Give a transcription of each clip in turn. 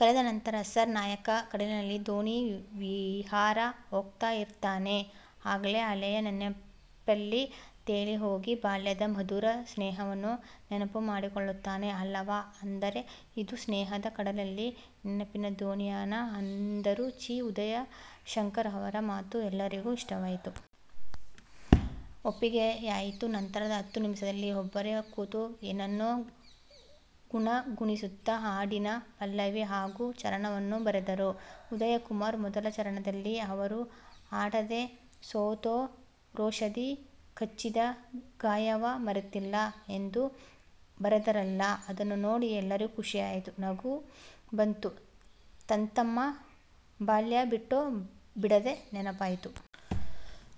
ಕೇಳಿದ ನಂತರ 'ಸಾರ್, ನಾಯಕ ಕಡಲಿನಲ್ಲಿ ದೋಣಿ ವಿಹಾರ ಹೋಗ್ತಾ ಇರ್ತಾನೆ. ಆಗಲೇ ಹಳೆಯ ನೆನಪಲ್ಲಿ ತೇಲಿ ಹೋಗಿ ಬಾಲ್ಯದ ಮಧುರ ಸ್ನೇಹವನ್ನು ನೆನಪು ಮಾಡಿಕೊಳ್ತಾನೆ ಅಲ್ಲವಾ? ಅಂದರೆ, ಇದು ಸ್ನೇಹದ ಕಡಲಲ್ಲಿ ನೆನಪಿನ ದೋಣಿಯಾನ. ಅಂದರು ಚಿ. ಉದಯಶಂಕರ್. ಅವರ ಮಾತು ಎಲ್ಲರಿಗೂ ಇಷ್ಟವಾಯಿತು. ಒಪ್ಪಿಗೆಯಾಯತು. ನಂತರದ ಹತ್ತು ನಿಮಿಷದಲ್ಲಿ ಒಬ್ಬರೇ ಕೂತು ಏನನ್ನೋ ಗುಣಗುಣಿಸುತ್ತಾ ಹಾಡಿನ ಪಲ್ಲವಿ ಹಾಗೂ ಚರಣವನ್ನು ಬರೆದರು ಉದಯಶಂಕರ್. ಮೊದಲ ಚರಣದಲ್ಲಿ ಅವರು-'ಆಟದೆ ಸೋತೂ ರೋಷದಿ ಕಚ್ಚಿದ ಗಾಯವ ಮರೆತಿಲ್ಲ' ಎಂದು ಬರೆದರಲ್ಲ? ಅದನ್ನು ನೋಡಿ ಎಲ್ಲರಿಗೂ ಖುಷಿಯಾಯಿತು. ನಗು ಬಂತು. ತಂತಮ್ಮ ಬಾಲ್ಯ ಬಿಟ್ಟೂ ಬಿಡದೆ ನೆನಪಾಯ್ತು.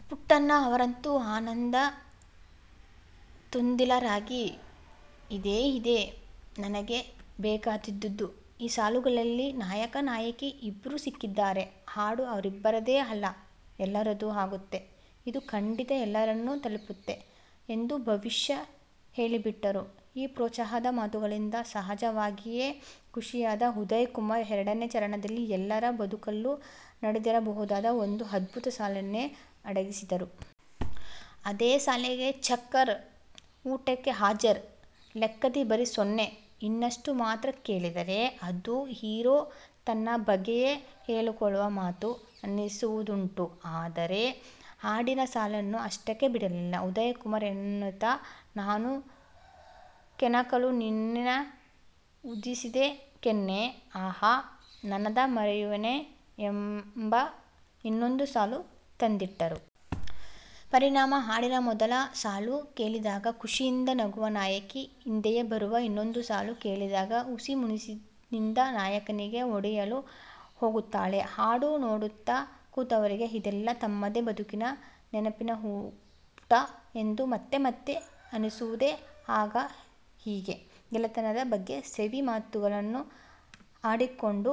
ಪುಟ್ಟಣ್ಣ ಅವರಂತೂ ಆನಂದ ತುಂದಿಲರಾಗಿ-ಇದೇ, ಇದೇ ನನಗೆ ಬೇಕಾಗಿದ್ದುದ್ದು. ಈ ಸಾಲುಗಳಲ್ಲಿ ನಾಯಕ-ನಾಯಕಿ ಇಬ್ರೂ ಸಿಕ್ತಾರೆ. ಹಾಡು ಅವರಿಬ್ಬರದೇ ಅಲ್ಲ, ಎಲ್ಲರದೂ ಆಗುತ್ತೆ. ಇದು ಖಂಡಿತ ಎಲ್ಲರನ್ನೂ ತಲುಪುತ್ತೆ ಎಂದು ಭವಿಷ್ಯ ಹೇಳಿಬಿಟ್ಟರು. ಈ ಪ್ರೋತ್ಸಾಹದ ಮಾತುಗಳಿಂದ ಸಹಜವಾಗಿಯೇ ಖುಷಿಯಾದ ಉದಯಶಂಕರ್, ಎರಡನೇ ಚರಣದಲ್ಲಿ ಎಲ್ಲರ ಬದುಕಲ್ಲೂ ನಡೆದಿರಬಹುದಾದ ಒಂದು ಅದ್ಭುತ ಸಾಲನ್ನೇ ಹಾಡಾಗಿಸಿದರು. ಅದೇ-ಶಾಲೆಗೆ ಚಕ್ಕರ್, ಊಟಕೆ ಹಾಜರ್ ಲೆಕ್ಕದಿ ಬರಿ ಸೊನ್ನೆ' ಇಷ್ಟನ್ನು ಮಾತ್ರ ಕೇಳಿದರೆ-ಅದು, ಹೀರೊ ತನ್ನ ಬಗ್ಗೆಯೇ ಹೇಳಿಕೊಳ್ಳುವ ಮಾತು ಅನ್ನಿಸುವುದುಂಟು. ಆದರೆ ಹಾಡಿನ ಸಾಲನ್ನು ಅಷ್ಟಕ್ಕೇ ಬಿಡಲಿಲ್ಲ ಉದಯಶಂಕರ್ ಎನ್ನುತ ನಾನು ಕೆಣಕಲು ನಿನ್ನ ಊದಿಸಿದೇ ಕೆನ್ನೆ, ಆಹಾ ನಾನದ ಮರೆಯುವೆನೇ ' ಎಂಬ ಇನ್ನೊಂದು ಸಾಲು ತಂದಿಟ್ಟರು. ಪರಿಣಾಮ, ಹಾಡಿನ ಮೊದಲ ಸಾಲು ಕೇಳಿದಾಗ ಖುಷಿಯಿಂದ ನಗುವ ನಾಯಕಿ ಹಿಂದೆಯೇ ಬರುವ ಇನ್ನೊಂದು ಸಾಲು ಕೇಳಿದಾಗ ಹುಸಿ ಮುನಿಸಿನಿಂದ ನಾಯಕನಿಗೆ ಹೊಡೆಯಲು ಹೋಗುತ್ತಾಳೆ. ಹಾಡು ನೋಡುತ್ತಾ ಕೂತವರಿಗೆ ಇದೆಲ್ಲಾ ತಮ್ಮದೇ ಬದುಕಿನ, ನೆನಪಿನ ಪುಟ ಎಂದು ಮತ್ತೆ ಮತ್ತೆ ಅನ್ನಿಸುವುದೇ ಆಗ. ಹೀಗೆ, ಗೆಳೆತನದ ಬಗ್ಗೆ ಸವಿ ಮಾತುಗಳನ್ನು ಆಡಿಕೊಂಡು,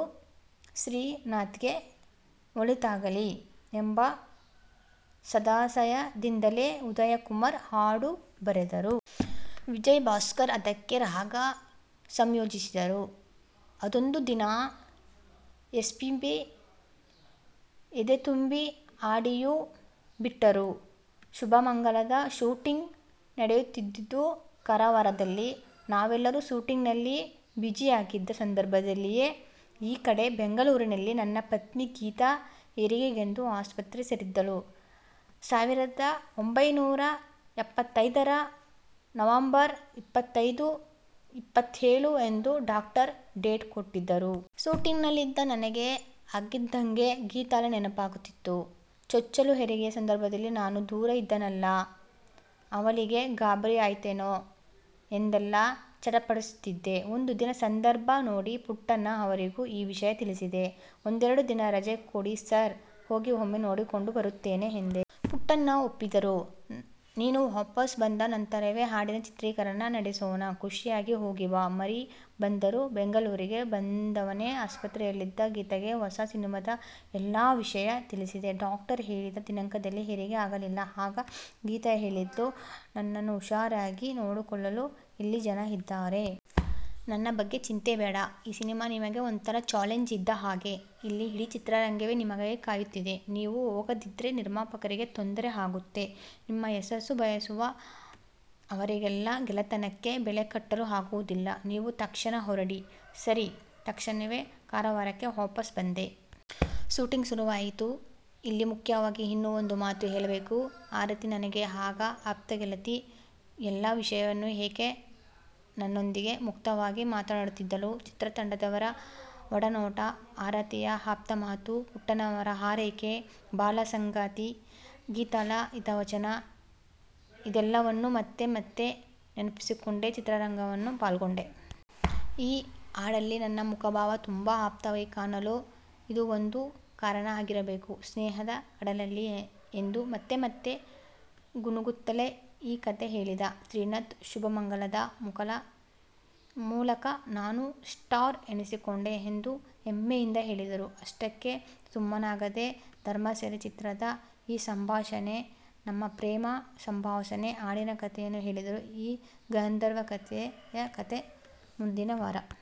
ಶ್ರೀನಾಥ್ಗೆ ಒಳಿತಾಗಲಿ, ಎಂಬ ಸದಾಶಯದಿಂದಲೇ ಉದಯಶಂಕರ್ ಹಾಡು ಬರೆದರು. ವಿಜಯಭಾಸ್ಕರ್ ಅದಕ್ಕೆ ರಾಗ ಸಂಯೋಜಿಸಿದರು. ಅದೊಂದು ದಿನ ಎಸ್ಪೀಬಿ-ಎದೆ ತುಂಬಿ ಹಾಡಿಯೂ ಬಿಟ್ಟರು. 'ಶುಭಮಂಗಳ'ದ ಶೂಟಿಂಗ್ ನಡೆಯುತ್ತಿದ್ದುದು ಕಾರವಾರದಲ್ಲಿ ನಾವೆಲ್ಲರೂ ಶೂಟಿಂಗ್ನಲ್ಲಿ 'ಬ್ಯುಸಿ'ಯಾಗಿದ್ದ ಸಂದರ್ಭದಲ್ಲಿಯೇ ಈ ಕಡೆ ಬೆಂಗಳೂರಿನಲ್ಲಿ ನನ್ನ ಪತ್ನಿ ಗೀತಾ, ಹೆರಿಗೆಗೆಂದು ಆಸ್ಪತ್ರೆ ಸೇರಿದ್ದಳು. ಸಾವಿರದ ಒಂಭೈನೂರ ಎಪ್ಪತ್ತೈದರ ನವೆಂಬರ್ ಇಪ್ಪತ್ತಾರು, ಇಪ್ಪತ್ತೆಳು ಎಂದು ಡಾಕ್ಟರು ಡೇಟ್ ಕೊಟ್ಟಿದ್ದರು. ಶೂಟಿಂಗ್ನಲ್ಲಿದ್ದ ನನಗೆ ಆಗಿಂದಾಗ್ಗೆ ಗೀತಾಳ ನೆನಪಾಗುತ್ತಿತ್ತು. ಚೊಚ್ಚಲು ಹೆರಿಗೆಯ ಸಂದರ್ಭದಲ್ಲಿ ನಾನು ದೂರ ಇದ್ದೇನಲ್ಲ? ಅವಳಿಗೆ ಗಾಬರಿಯಾಯ್ತೋ ಏನೋ ಎಂದೆಲ್ಲಾ ಚಡಪಡಿಸುತ್ತಿದ್ದೆ. ಒಂದು ದಿನ ಸಂದರ್ಭ ನೋಡಿ ಪುಟ್ಟಣ್ಣ ಅವರಿಗೂ ಈ ವಿಷಯ ತಿಳಿಸಿದೆ'. ಒಂದೆರಡು ದಿನ ರಜೆ ಕೊಡಿ ಸಾರ್, ಹೋಗಿ ಒಮ್ಮೆ ನೋಡಿಕೊಂಡು ಬರ್ತೇನೆ' ಎಂದೆ. ಪುಟ್ಟಣ್ಣ ಒಪ್ಪಿದರು. 'ನೀನು ವಾಪಸ್ ಬಂದ ನಂತರವೇ ಹಾಡಿನ ಚಿತ್ರೀಕರಣ ನಡೆಸೋಣ. ಖುಷಿಯಾಗಿ ಹೋಗಿ ಬಾ ಮರೀ' ಅಂದರು. ಬೆಂಗಳೂರಿಗೆ ಬಂದವನೇ ಆಸ್ಪತ್ರೆಯಲ್ಲಿದ್ದ ಗೀತಾಗೆ ಹೊಸ ಸಿನಿಮಾದ ಎಲ್ಲ ವಿಷಯ ತಿಳಿಸಿದೆ. ಡಾಕ್ಟರು ಹೇಳಿದ್ದ ದಿನಾಂಕದಲ್ಲಿ ಹೆರಿಗೆ ಆಗಲಿಲ್ಲ. ಆಗ ಗೀತಾ ಹೇಳಿದ್ಲು: 'ನನ್ನನ್ನು ಹುಷಾರಾಗಿ ನೋಡಿಕೊಳ್ಳಲು ಇಲ್ಲಿ ಜನ ಇದ್ದಾರೆ. ನನ್ನ ಬಗ್ಗೆ ಚಿಂತೆ ಬೇಡ. ಈ ಸಿನಿಮಾ ನಿಮಗೆ ಒಂಥರಾ ಛಾಲೆಂಜ್ ಇದ್ದ ಹಾಗೆ. ಅಲ್ಲಿ ಇಡೀ ಚಿತ್ರತಂಡವೇ ನಿಮಗಾಗಿ ಕಾಯುತ್ತಿದೆ. ನೀವು ಹೋಗದಿದ್ರೆ ನಿರ್ಮಾಪಕರಿಗೆ ತೊಂದರೆ ಆಗುತ್ತೆ. ನಿಮ್ಮ ಯಶಸ್ಸು ಬಯಸುವ ಅವರೆಲ್ಲರ ಗೆಳೆತನಕ್ಕೆ ಬೆಲೆ ಕಟ್ಟಲು ಆಗೋದಿಲ್ಲ. ನೀವು ತಕ್ಷಣ ಹೊರಡಿ' ಸರಿ, ತಕ್ಷಣವೇ ಕಾರವಾರಕ್ಕೆ ವಾಪಸ್ ಬಂದೆ. ಶೂಟಿಂಗ್ ಶುರುವಾಯಿತು. ಇಲ್ಲಿ ಮುಖ್ಯವಾಗಿ ಇನ್ನೂ ಒಂದು ಮಾತು ಹೇಳಬೇಕು. ಆರತಿ ನನಗೆ ಆಗ ಆಪ್ತ ಗೆಳತಿ. ಎಲ್ಲ ವಿಷಯವನ್ನೂ ಆಕೆ ನನ್ನೊಂದಿಗೆ ಮುಕ್ತವಾಗಿ ಮಾತಾಡುತ್ತಿದ್ದಳು. ಚಿತ್ರತಂಡದವರ ಒಡನಾಟ, ಆರತಿಯ ಆಪ್ತ ಮಾತು, ಪುಟ್ಟಣ್ಣನವರ ಹಾರೈಕೆ, ಬಾಳಸಂಗಾತಿ ಗೀತಾಳ ಹಿತವಚನ ಇದೆಲ್ಲವನ್ನೂ ಮತ್ತೆ ಮತ್ತೆ ನೆನಪಿಸಿಕೊಂಡೇ ಚಿತ್ರೀಕರಣದಲ್ಲಿ ಪಾಲ್ಗೊಂಡೆ. ಆ ಹಾಡಲ್ಲಿ ನನ್ನ ಮುಖಭಾವ ತುಂಬ ಆಪ್ತವಾಗಿ ಕಾಣಲು ಇದೂ ಒಂದು ಕಾರಣ ಆಗಿರಬೇಕು. 'ಸ್ನೇಹದ ಕಡಲಲ್ಲೀ' ಎಂದು ಮತ್ತೆ ಮತ್ತೆ ಗುನುಗುತ್ತಲೇ ಈ ಕಥೆ ಹೇಳಿದ ಶ್ರೀನಾಥ್, 'ಶುಭಮಂಗಳ'ದ ಮೂಲಕ ನಾನೂ 'ಸ್ಟಾರ್' ಅನ್ನಿಸಿಕೊಂಡೆ ಎಂದು ಹೆಮ್ಮೆಯಿಂದ ಹೇಳಿದರು. ಅಷ್ಟಕ್ಕೇ ಸುಮ್ಮನಾಗದೆ 'ಧರ್ಮಸೆರೆ' ಚಿತ್ರದ ' ಈ ಸಂಭಾಷಣೆ ನಮ್ಮ ಈ ಪ್ರೇಮ ಸಂಭಾಷಣೆ' ಹಾಡಿನ ಕಥೆಯನ್ನೂ ಹೇಳಿದರು. ಆ ಗಂಧರ್ವ ಗೀತೆಯ ಕಥೆ ಮುಂದಿನವಾರ.